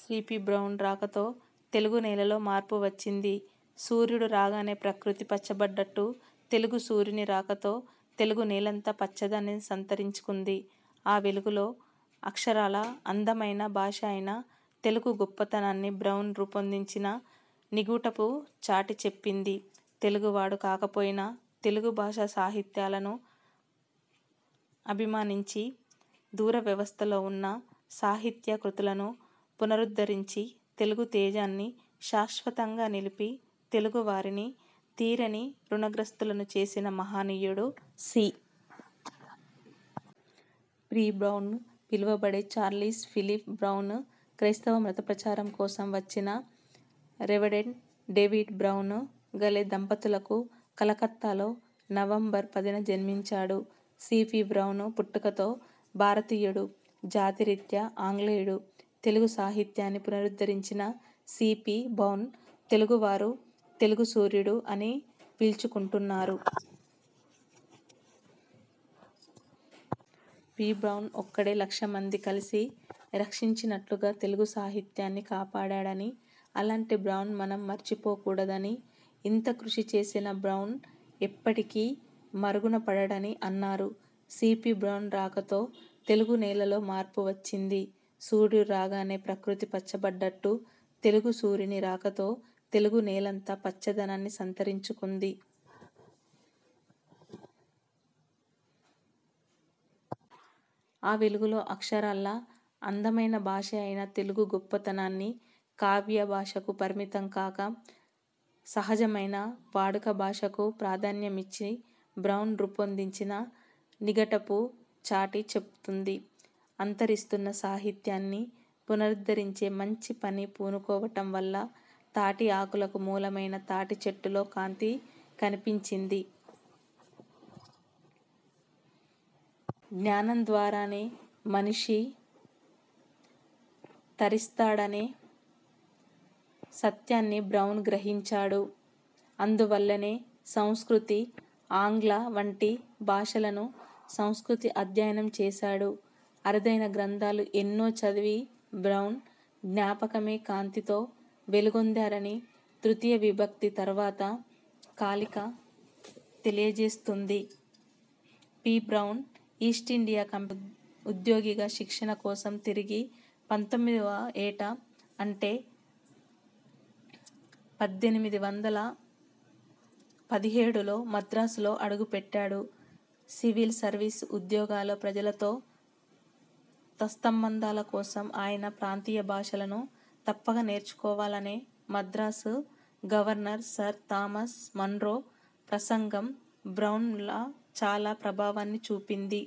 C. P. Brown రాకతో తెలుగు నేలలో మార్పు వచ్చింది. సూర్యుడు రాగానే ప్రకృతి పచ్చబడినట్లు తెలుగు సూర్యుని రాకతో తెలుగునేలంతా పచ్చదనాన్ని సంతరించుకుంది. ఆ వెలుగులో అక్షరాలా అందమైన భాష అయిన తెలుగు గొప్పతనాన్ని బ్రౌన్ రూపొందించిన నిగుటపు చాటి చెప్పింది. తెలుగువాడు కాకపోయినా తెలుగు భాషా సాహిత్యాలను అభిమానించి, దురవైస్థలో ఉన్న సాహిత్యా కృతులను పునరుద్ధరించి, తెలుగు తేజాన్ని శాశ్వతంగా నిలిపి, తెలుగువారిని తీరని ఋణగ్రస్తులను చేసిన మహనీయుడు సి. పి. బ్రౌన్గా పిలువబడే చార్లెస్ ఫిలిప్ బ్రౌన్. క్రైస్తవ మతప్రచారం కోసం వచ్చిన రెవరెండ్ డేవిడ్ బ్రౌన్, కౌలే దంపతులకు కలకత్తాలో నవంబర్ పదిన జన్మించారు సి. పి. బ్రౌన్ పుట్టుకతో భారతీయుడు, జాతి రీత్యా ఆంగ్లేయుడు. తెలుగు సాహిత్యాన్ని పునరుద్ధరించిన సి. పి. బ్రౌన్ను తెలుగువారు 'తెలుగు సూర్యుడు' అని పిలుచుకుంటున్నారు. పి. బ్రౌన్ ఒక్కడే లక్ష మంది కలసి రక్షించినట్లుగా తెలుగు సాహిత్యాన్ని కాపాడాడని, అలాంటి బ్రౌన్ను మనం మరచిపోకూడదని, ఇంత కృషి చేసిన బ్రౌన్ ఎప్పాటికీ మరుగునపడడని అన్నారు. సి. పి. బ్రౌన్ రాకతో తెలుగు నేలలో మార్పు వచ్చింది. సూర్యుడు రాగానే ప్రకృతి పచ్చబడినట్లు తెలుగు సూర్యుని రాకతో తెలుగునేలంతా పచ్చదనాన్ని సంతరించుకుంది. ఆ వెలుగులో అక్షరాలా అందమైన భాష అయిన తెలుగు గొప్పతనాన్ని కావ్యభాషకు పరిమితం గాక సహజమైన వాడుక భాషకు ప్రాధాన్యమిచ్చి బ్రౌన్ రూపొందించిన నిఘటవు చాటి చెబుతోంది అంతరిస్తున్న సాహిత్యాన్ని పునరుద్ధరించే మంచి పనికి పూనుకోవడం వల్ల తాటి ఆకులకు మూలమైన తాటి చెట్లలో కాంతి కనిపించింది. జ్ఞానం ద్వారానే మనిషి తరిస్తాడనే సత్యాన్ని బ్రౌన్ గ్రహించారు. అందువల్లనే సంస్కృతి ఆంగ్లం వంటి భాషలను, సంస్కృతి అధ్యయనం చేశారు. అరుదైన గ్రంథాలు ఎన్నో చదివి బ్రౌన్ జ్ఞపాకమే కాంతితో వెలుగొందారని 'తృతీయా విభక్తి తర్వాత కళిక' తెలియజేస్తోంది. పి. బ్రౌన్ ఈస్టిండియా కంప ఉద్యోగిగా శిక్షణ కోసం తిరిగి పంతొమ్మిదివ ఏట అంటే పద్దెనిమిది వందల పదిహేడులో మద్రాసులో అడుగుపెట్టాడు సివిల్ సర్వీస్ ఉద్యోగులు ప్రజలతో సత్సంబంధాల కోసం ఆయా ప్రాంతీయ భాషలను తప్పక నేర్చుకోవాలనే Madras governor sir Thomas Munro ప్రసంగం బ్రౌన్పై చాలా ప్రభావాన్ని చూపింది.